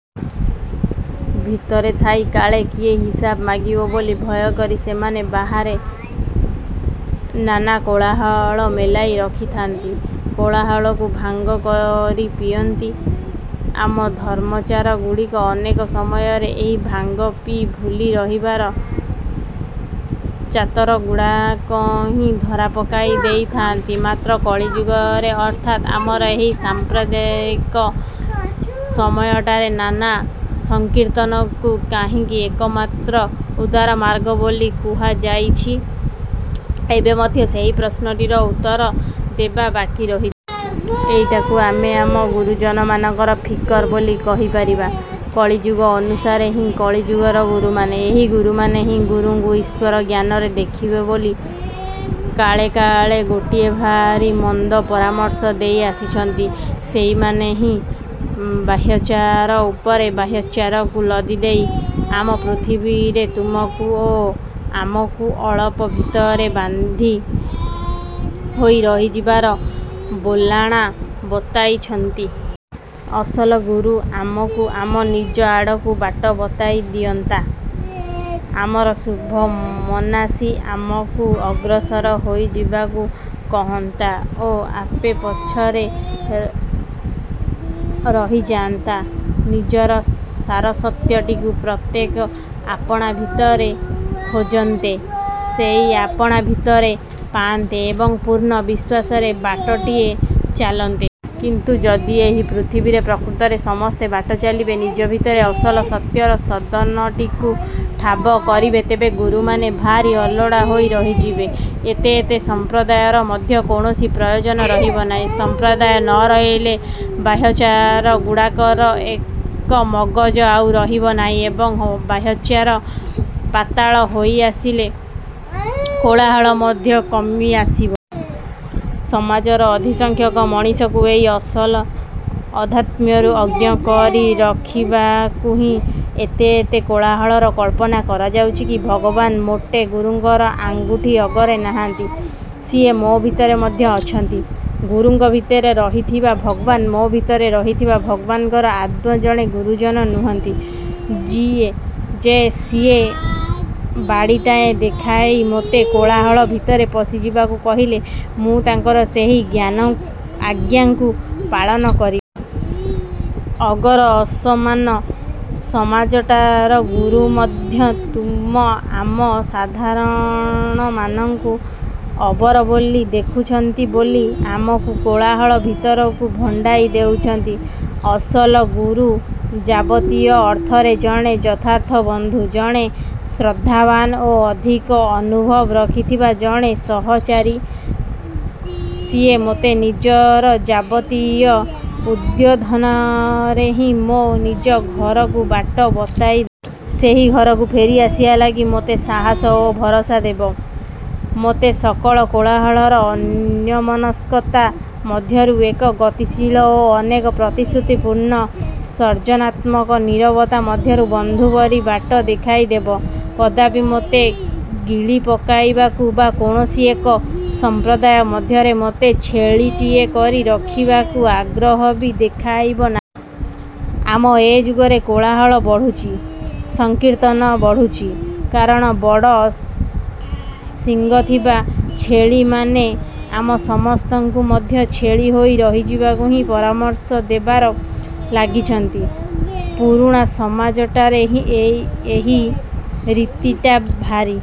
ଭିତରେ ଥାଇ କାଳେ କିଏ ହିସାବ ମାଗିବ ବୋଲି ଭୟ କରି ସେମାନେ ବାହାରେ ନାନା କୋଳାହଳ ମେଲାଇ ରଖିଥାନ୍ତି। କୋଳାହଳକୁ ଭାଙ୍ଗ କରି ପିଅନ୍ତି। ଆମ ଧର୍ମାଚାରଗୁଡ଼ିକ ଅନେକ ସମୟରେ ଏହି ଭାଙ୍ଗ ପିଇ ଭୁଲି ରହିବାର ଚାତରଗୁଡ଼ାକୁ ହିଁ ଧରାପକାଇ ଦେଇଥାନ୍ତି। ମାତ୍ର, କଳିଯୁଗରେ ଅର୍ଥାତ୍ ଆମର ଏହି ସାଂପ୍ରତିକ ସମୟଟାରେ ନାମ ସଂକୀର୍ତ୍ତନକୁ କାହିଁକି ଏକମାତ୍ର ଉଦ୍ଧାରମାର୍ଗ ବୋଲି କୁହାଯାଇଛି, ଏବେ ମଧ୍ୟ ସେହି ପ୍ରଶ୍ନଟିର ଉତ୍ତର ଦେବା ବାକି ରହିଛି। ଏଇଟାକୁ ଆମେ ଆମ ଗୁରୁମାନଙ୍କର ଫିକର ବୋଲି କହିପାରିବା। କଳିଯୁଗ ଅନୁସାରେ ହିଁ କଳିଯୁଗର ଗୁରୁମାନେ। ଏହି ଗୁରୁମାନେ ହିଁ ଗୁରୁଙ୍କୁ ଈଶ୍ୱର ଜ୍ଞାନରେ ଦେଖିବ ବୋଲି କାଳେ କାଳେ ଗୋଟିଏ ଭାରି ମନ୍ଦ ପରାମର୍ଶ ଦେଇ ଆସିଛନ୍ତି। ସେଇମାନେ ହିଁ ବାହ୍ୟାଚାର ଉପରେ ବାହ୍ୟାଚାରକୁ ଲଦି ଦେଇ ଆମ ପୃଥିବୀରେ ତୁମକୁ ଓ ଆମକୁ ଅଳପ ଭିତରେ ବାନ୍ଧି ହୋଇ ରହିଯିବାର ବୋଲଣା ବତାଇଛନ୍ତି। ଅସଲ ଗୁରୁ ଆମକୁ ଆମ ନିଜ ଆଡ଼କୁ ବାଟ ବତାଇ ଦିଅନ୍ତା। ଆମର ଶୁଭ ମନାସି ଆମକୁ ଅଗ୍ରସର ହୋଇଯିବାକୁ କହନ୍ତା ଓ ଆପେ ପଛରେ ରହିଯାଆନ୍ତା। ନିଜର ସାରସତ୍ୟଟିକୁ ପ୍ରତ୍ୟେକେ ଆପଣା ଭିତରେ ଖୋଜନ୍ତେ, ସେଇ ଆପଣା ଭିତରେ ପାଆନ୍ତେ ଏବଂ ପୂର୍ଣ୍ଣ ବିଶ୍ୱାସରେ ବାଟଟିଏ ଚାଲନ୍ତେ। କିନ୍ତୁ, ଯଦି ଏହି ପୃଥିବୀରେ ପ୍ରକୃତରେ ସମସ୍ତେ ବାଟ ଚାଲିବେ, ନିଜ ଭିତରେ ଅସଲ ସତ୍ୟର ସଦନଟିକୁ ଠାବ କରିବେ, ତେବେ ଗୁରୁମାନେ ଭାରି ଅଲୋଡ଼ା ହୋଇ ରହିଯିବେ। ଏତେ ଏତେ ସମ୍ପ୍ରଦାୟର ମଧ୍ୟ କୌଣସି ପ୍ରୟୋଜନ ରହିବ ନାହିଁ। ସଂପ୍ରଦାୟ ନ ରହିଲେ ବାହ୍ୟାଚାର ଗୁଡ଼ାକର ଏ ମଗଜ ଆଉ ରହିବ ନାହିଁ ଏବଂ ବାହ୍ୟାଚାର ପାତଳା ହୋଇଆସିଲେ କୋଳାହଳ ମଧ୍ୟ କମି ଆସିବ। ସମାଜର ଅଧିକସଂଖ୍ୟକ ମଣିଷଙ୍କୁ ଏହି ଅସଲ ଅଧ୍ୟାତ୍ମ୍ୟରୁ ଅଜ୍ଞ କରି ରଖିବାକୁ ହିଁ ଏତେ ଏତେ କୋଳାହଳର କଳ୍ପନା କରାଯାଇଛି କି? ଭଗବାନ ମୋଟେ ଗୁରୁଙ୍କର ଆଙ୍ଗୁଠି ଅଗରେ ନାହାନ୍ତି। ସିଏ ମୋ' ଭିତରେ ମଧ୍ୟ ଅଛନ୍ତି। ଗୁରୁଙ୍କ ଭିତରେ ରହିଥିବା ଭଗବାନ ମୋ ଭିତରେ ରହିଥିବା ଭଗବାନଙ୍କର ଆଦୌ ଜଣେ ଗୁରୁଜନ ନୁହନ୍ତି ଯେ ସିଏ ବାଡ଼ିଟାଏ ଦେଖାଇ ମୋତେ କୋଳାହଳ ଭିତରେ ପଶିଯିବାକୁ କହିଲେ ମୁଁ ତାଙ୍କର ସେହି ଆଜ୍ଞାକୁ ପାଳନ କରିବି। ଆଗର ଅସମାନ ସମାଜଟାରେ ଗୁରୁ ମଧ୍ୟ ତୁମ ଆମ ସାଧାରଣମାନଙ୍କୁ ଅବର ବୋଲି ଦେଖୁଛନ୍ତି ବୋଲି ଆମକୁ କୋଳାହଳ ଭିତରକୁ ଭଣ୍ଡାଇ ଦେଉଛନ୍ତି। ଅସଲ ଗୁରୁ ଯାବତୀୟ ଅର୍ଥରେ ଜଣେ ଯଥାର୍ଥ ବନ୍ଧୁ, ଜଣେ ଶ୍ରଦ୍ଧାବାନ ଓ ଅଧିକ ଅନୁଭବ ରହିଥିବା ଜଣେ ସହଚାରୀ। ସିଏ ମୋତେ ନିଜର ଯାବତୀୟ ଉଦ୍ବୋଧନରେ ହିଁ ମୋ ନିଜ ଘରକୁ ବାଟ ବତାଇଦେବ। ସେହି ଘରକୁ ଫେରି ଆସିବା ଲାଗି ମୋତେ ସାହସ ଏବଂ ଭରସା ଦେବ। ମୋତେ ସକଳ କୋଳାହଳର ଅନ୍ୟମନସ୍କତା ମଧ୍ୟରୁ ଏକ ଗତିଶୀଳ ଓ ଅନେକ ପ୍ରତିଶ୍ରୁତିପୂର୍ଣ୍ଣ ସର୍ଜନାତ୍ମକ ନୀରବତା ମଧକୁ ବନ୍ଧୁ ପରି ବାଟ ଦେଖାଇଦେବ। କଦାପି ମୋତେ ଗିଳିପକାଇବାକୁ ବା କୌଣସି ଏକ ସଂପ୍ରଦାୟ ମଧ୍ୟରେ ମୋତେ ଛେଳିଟିଏ କରି ରଖିବାକୁ ଆଗ୍ରହ ବି ଦେଖାଇବ ନାହିଁ। ଆମ ଏ ଯୁଗରେ କୋଳାହଳ ବଢୁଛି, ସଂକୀର୍ତ୍ତନ ବଢୁଛି, କାରଣ ବଡ଼ ଶିଙ୍ଗ ଥିବା ଛେଳିମାନେ ଆମ ସମସ୍ତଙ୍କୁ ମଧ୍ୟ ଛେଳି ହୋଇ ରହିଯିବାକୁ ହିଁ ପରାମର୍ଶ ଦେବାରେ ଲାଗିଛନ୍ତି। ପୁରୁଣା ସମାଜଟାରେ ଏହି ରୀତିଟା ଭାରି